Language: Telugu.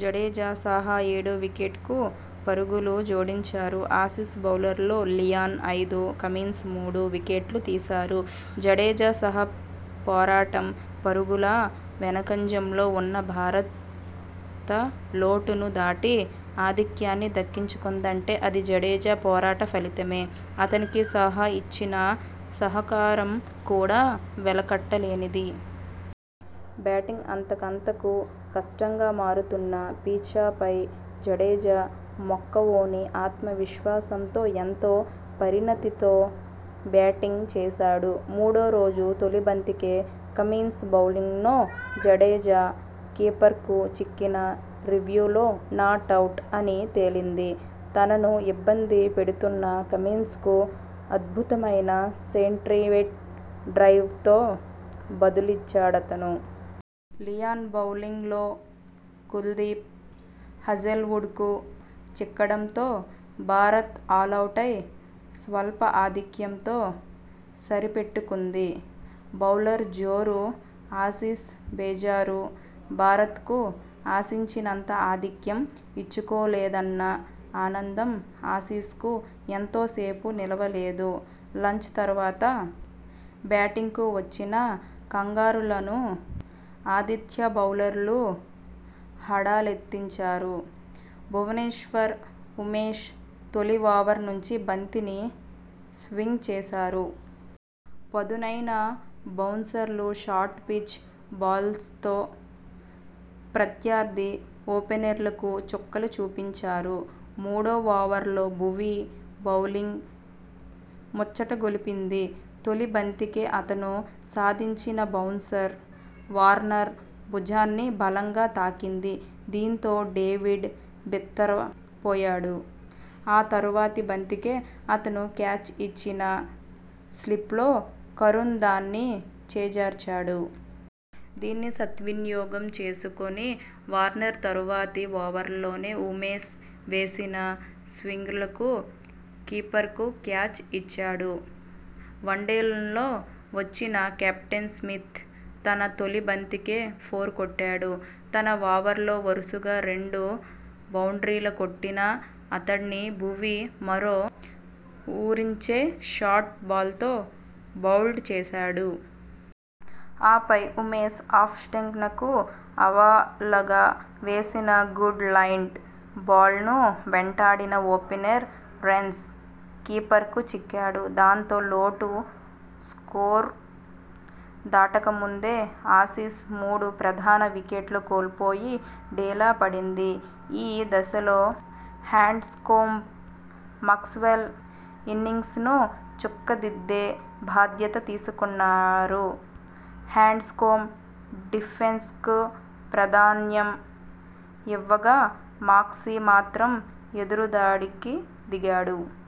జడేజా, సాహా ఏడో వికెట్కు పరుగులు జోడించారు. ఆసీస్ బౌలర్లలో లియాన్ ఐదు, కమిన్స్ మూడు వికెట్లు తీశారు. జడేజా, సాహా పోరాటం: పరుగుల వెనుకంజలో ఉన్న భారత లోటును దాటి ఆధిక్యాన్ని దక్కించుకుందంటే అది జడేజా పోరాట ఫలితమే. అతనికి సాహా ఇచ్చిన సహకారం కూడా వెలకట్టలేనిది. బ్యాటింగ్ అంతకంతకూ కష్టంగా మారుతున్న పిచపై జడేజా మొక్కవోని ఆత్మవిశ్వాసంతో, ఎంతో పరిణతితో బ్యాటింగ్ చేశాడు. మూడో రోజు తొలి బంతికే కమిన్స్ బౌలింగ్లో జడేజా కీపర్కు చిక్కినా రివ్యూలో నాటౌట్ అని తేలింది. తనను ఇబ్బంది పెడుతున్న కమిన్సకు అద్భుతమైన సె్ట్రయిట్ డ్రైవ్తో బదులిచ్చాడతను. లియాన్ బౌలింగ్లో కుల్దీప్ హాజెల్వుడ్కు చిక్కడంతో భారత్ ఆలౌటై స్వల్ప ఆధిక్యంతో సరిపెట్టుకుంది. బౌలర్ల జోరు ఆసీస్ బేజారు: భారత్కు ఆశించినంత ఆధిక్యం ఇచ్చుకోలేదన్న ఆనందం ఆసీస్కు ఎంతో సేపు నిలువలేదు. లంచ్ తర్వాత బ్యాటింగ్కు వచ్చిన కంగారులను ఆతిథ్య బౌలర్లు హడలెత్తించారు. భువనేశ్వర్, ఉమేష్ తొలి ఓవర్ నుంచే బంతిని స్వింగ్ చేశారు. పదునైన బౌన్సర్లు, షార్ట్ పిచ్ బాల్స్తో ప్రత్యర్థి ఓపెనర్లకు చుక్కలు చూపించారు. మూడో ఓవర్లో భువీ బౌలింగ్ ముచ్చటగొలిపింది. తొలి బంతికే అతను సంధించిన బౌన్సర్ వార్నర్ భుజాన్ని బలంగా తాకింది. దీంతో డేవిడ్ బిత్తరపోయాడు. ఆ తర్వాతి బంతికే అతను క్యాచ్ ఇచ్చినా స్లిప్లో కరుణ్ దాన్ని చేజార్చాడు. దీన్ని సద్వినియోగం చేసుకోని వార్నర్ తర్వాతి ఓవర్లోనే ఉమేష్ వేసిన స్వింగర్కు కీపర్కు క్యాచ ఇచ్చాడు. వన్డౌన్లో వచ్చిన కెప్టెన్ స్మిత్ తన తొలి బంతికే ఫోర్ కొట్టాడు. తన ఓవర్లో వరుసగా రెండు బౌండ్రీలు కొట్టిన అతణ్ణి భువీ మరో ఊరించే షార్ట్ బాల్తో బౌల్డ్ చేశాడు. ఆపై, ఉమేష్ ఆఫ్స్టం్పనకు ఆవలగా వేసిన గుడ్ లెంగ్త్ బాల్ను వెంటాడిన ఓపెనర్ రెన్షా కీపర్కు చిక్కాడు. దాంతో, లోటు స్కోరు దాటకముందే ఆసీస్ మూడు ప్రధాన వికెట్లు కోల్పోయి డీలా పడింది. ఈ దశలో హ్యాండ్స్కోంబ్, మాక్స్వెల్ ఇన్నింగ్స్ను చక్కదిద్దే బాధ్యత తీసుకున్నారు. హ్యాండ్స్కోంబ్ డిఫెన్స్కు ప్రాధాన్యం ఇవ్వగా మాక్సీ మాత్రం ఎదురుదాడికి దిగాడు.